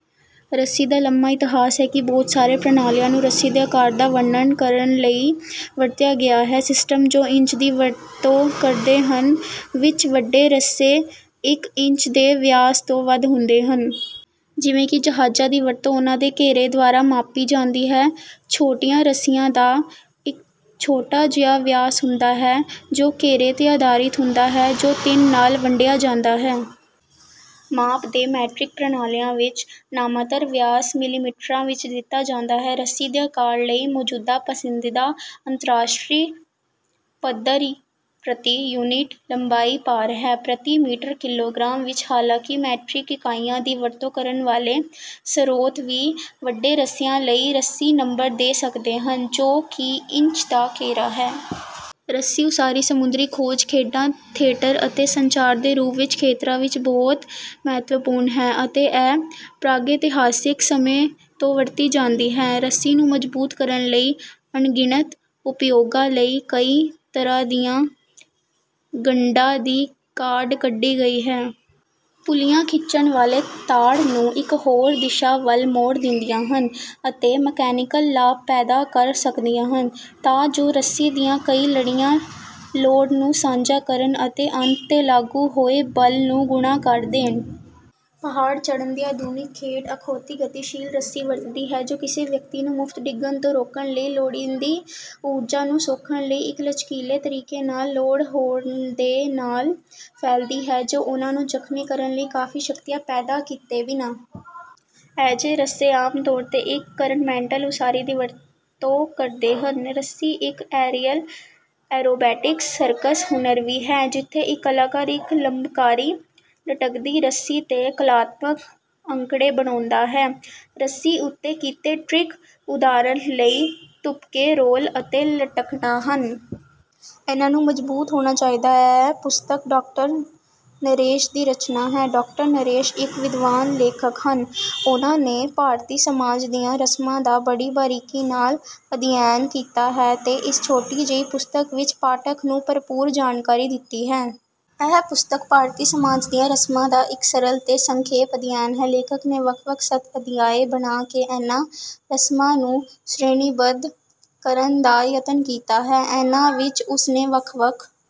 ਰੱਸੀ ਦਾ ਲੰਮਾ ਇਤਿਹਾਸ ਹੈ ਕਿ ਬਹੁਤ ਸਾਰੇ ਪ੍ਰਣਾਲੀਆਂ ਨੂੰ ਰੱਸੀ ਦੇ ਆਕਾਰ ਦਾ ਵਰਣਨ ਕਰਨ ਲਈ ਵਰਤਿਆ ਗਿਆ ਹੈ। ਸਿਸਟਮ ਜੋ "ਇੰਚ" ਦੀ ਵਰਤੋਂ ਕਰਦੇ ਹਨ, ਵਿੱਚ ਵੱਡੇ ਰੱਸੇ ਇੱਕ ਇੰਚ ਦੇ ਵਿਆਸ ਤੋਂ ਵੱਧ ਹੁੰਦੇ ਹਨ। ਜਿਵੇਂ ਕਿ ਜਹਾਜ਼ਾਂ ਦੀ ਵਰਤੋਂ ਉਹਨਾਂ ਦੇ ਘੇਰੇ ਦੁਆਰਾ ਮਾਪੀ ਜਾਂਦੀ ਹੈ। ਛੋਟੀਆਂ ਰੱਸੀਆਂ ਦਾ ਇੱਕ ਛੋਟਾ ਜਿਹਾ ਵਿਆਸ ਹੁੰਦਾ ਹੈ, ਜੋ ਘੇਰੇ 'ਤੇ ਆਧਾਰਿਤ ਹੁੰਦਾ ਹੈ, ਜੋ ਤਿੰਨ ਨਾਲ ਵੰਡਿਆ ਜਾਂਦਾ ਹੈ। ਮਾਪ ਦੇ ਮੈਟ੍ਰਿਕ ਪ੍ਰਣਾਲੀਆਂ ਵਿੱਚ, ਨਾਮਾਤਰ ਵਿਆਸ ਮਿਲੀਮੀਟਰਾਂ ਵਿੱਚ ਦਿੱਤਾ ਜਾਂਦਾ ਹੈ। ਰੱਸੀ ਦੇ ਆਕਾਰ ਲਈ ਮੌਜੂਦਾ ਪਸੰਦੀਦਾ ਅੰਤਰਰਾਸ਼ਟਰੀ ਪੱਧਰ ਪ੍ਰਤੀ ਯੂਨਿਟ ਲੰਬਾਈ ਭਾਰ ਹੈ, ਪ੍ਰਤੀ ਮੀਟਰ ਕਿਲੋਗ੍ਰਾਮ ਵਿੱਚ। ਹਾਲਾਂਕਿ, ਮੈਟ੍ਰਿਕ ਇਕਾਈਆਂ ਦੀ ਵਰਤੋਂ ਕਰਨ ਵਾਲੇ ਸਰੋਤ ਵੀ ਵੱਡੇ ਰੱਸਿਆਂ ਲਈ "ਰੱਸੀ ਨੰਬਰ" ਦੇ ਸਕਦੇ ਹਨ, ਜੋ ਕਿ ਇੰਚ ਦਾ ਘੇਰਾ ਹੈ। ਰੱਸੀ ਉਸਾਰੀ, ਸਮੁੰਦਰੀ, ਖੋਜ, ਖੇਡਾਂ, ਥੀਏਟਰ ਅਤੇ ਸੰਚਾਰ ਦੇ ਰੂਪ ਵਿੱਚ ਖੇਤਰਾਂ ਵਿੱਚ ਬਹੁਤ ਮਹੱਤਵਪੂਰਨ ਹੈ, ਅਤੇ ਇਹ ਪ੍ਰਾਗੈਤਿਹਾਸਿਕ ਸਮੇਂ ਤੋਂ ਵਰਤੀ ਜਾਂਦੀ ਹੈ। ਰੱਸੀ ਨੂੰ ਮਜ਼ਬੂਤ ਕਰਨ ਲਈ, ਅਣਗਿਣਤ ਉਪਯੋਗਾਂ ਲਈ ਕਈ ਤਰ੍ਹਾਂ ਦੀਆਂ ਗੰਢਾਂ ਦੀ ਕਾਢ ਕੱਢੀ ਗਈ ਹੈ। ਪੁੱਲੀਆਂ ਖਿੱਚਣ ਵਾਲੇ ਤਾਣ ਨੂੰ ਇੱਕ ਹੋਰ ਦਿਸ਼ਾ ਵੱਲ ਮੋੜ ਦਿੰਦੀਆਂ ਹਨ ਅਤੇ ਮਕੈਨੀਕਲ ਲਾਭ ਪੈਦਾ ਕਰ ਸਕਦੀਆਂ ਹਨ, ਤਾਂ ਜੋ ਰੱਸੀ ਦੀਆਂ ਕਈ ਲੜੀਆਂ ਲੋਡ ਨੂੰ ਸਾਂਝਾ ਕਰਨ ਅਤੇ ਅੰਤ 'ਤੇ ਲਾਗੂ ਹੋਏ ਬਲ ਨੂੰ ਗੁਣਾ ਕਰ ਦੇਣ। ਪਹਾੜ ਚੜ੍ਹਨ ਦੀ ਆਧੁਨਿਕ ਖੇਡ ਅਖੌਤੀ "ਗਤੀਸ਼ੀਲ" ਰੱਸੀ ਵਰਤਦੀ ਹੈ, ਜੋ ਕਿਸੇ ਵਿਅਕਤੀ ਨੂੰ ਮੁਫ਼ਤ ਡਿੱਗਣ ਤੋਂ ਰੋਕਣ ਲਈ ਲੋੜੀਂਦੀ ਊਰਜਾ ਨੂੰ ਸੋਖਣ ਲਈ ਇੱਕ ਲਚਕੀਲੇ ਤਰੀਕੇ ਨਾਲ ਲੋਡ ਹੋਣ ਦੇ ਨਾਲ ਫੈਲਦੀ ਹੈ, ਜੋ ਉਹਨਾਂ ਨੂੰ ਜ਼ਖ਼ਮੀ ਕਰਨ ਲਈ ਕਾਫ਼ੀ ਸ਼ਕਤੀਆਂ ਪੈਦਾ ਕੀਤੇ ਬਿਨਾਂ। ਅਜਿਹੇ ਰੱਸੇ ਆਮ ਤੌਰ 'ਤੇ ਇੱਕ ਕਰਨਮੈਂਟਲ ਉਸਾਰੀ ਦੀ ਵਰਤੋਂ ਕਰਦੇ ਹਨ। ਰੱਸੀ ਇੱਕ ਏਰੀਅਲ ਐਰੋਬੈਟਿਕਸ ਸਰਕਸ ਹੁਨਰ ਵੀ ਹੈ, ਜਿੱਥੇ ਇੱਕ ਕਲਾਕਾਰ ਇੱਕ ਲੰਬਕਾਰੀ ਲਟਕਦੀ ਰੱਸੀ 'ਤੇ ਕਲਾਤਮਕ ਅੰਕੜੇ ਬਣਾਉਂਦਾ ਹੈ। ਰੱਸੀ ਉੱਤੇ ਕੀਤੇ ਟ੍ਰਿਕ, ਉਦਾਹਰਨ ਲਈ, ਤੁਪਕੇ, ਰੋਲ ਅਤੇ ਲਟਕਣਾ ਹਨ। ਇਹਨਾਂ ਨੂੰ ਮਜ਼ਬੂਤ ਹੋਣਾ ਚਾਹੀਦਾ ਹੈ। ਇਹ ਪੁਸਤਕ ਡਾਕਟਰ ਨਰੇਸ਼ ਦੀ ਰਚਨਾ ਹੈ। ਡਾਕਟਰ ਨਰੇਸ਼ ਇੱਕ ਵਿਦਵਾਨ ਲੇਖਕ ਹਨ। ਉਹਨਾਂ ਨੇ ਭਾਰਤੀ ਸਮਾਜ ਦੀਆਂ ਰਸਮਾਂ ਦਾ ਬੜੀ ਬਾਰੀਕੀ ਨਾਲ ਅਧਿਐਨ ਕੀਤਾ ਹੈ ਤੇ ਇਸ ਛੋਟੀ ਜਿਹੀ ਪੁਸਤਕ ਵਿੱਚ ਪਾਠਕ ਨੂੰ ਭਰਪੂਰ ਜਾਣਕਾਰੀ ਦਿੱਤੀ ਹੈ। ਇਹ ਪੁਸਤਕ ਭਾਰਤੀ ਸਮਾਜ ਦੀਆਂ ਰਸਮਾਂ ਦਾ ਇੱਕ ਸਰਲ ਤੇ ਸੰਖੇਪ ਅਧਿਐਨ ਹੈ। ਲੇਖਕ ਨੇ ਵੱਖ-ਵੱਖ ਸੱਤ ਅਧਿਆਇ ਬਣਾ ਕੇ ਇਹਨਾਂ ਰਸਮਾਂ ਨੂੰ ਸ਼੍ਰੇਣੀਬੱਧ ਕਰਨ ਦਾ ਯਤਨ ਕੀਤਾ ਹੈ। ਇਹਨਾਂ ਵਿੱਚ ਉਸ ਨੇ ਵੱਖ-ਵੱਖ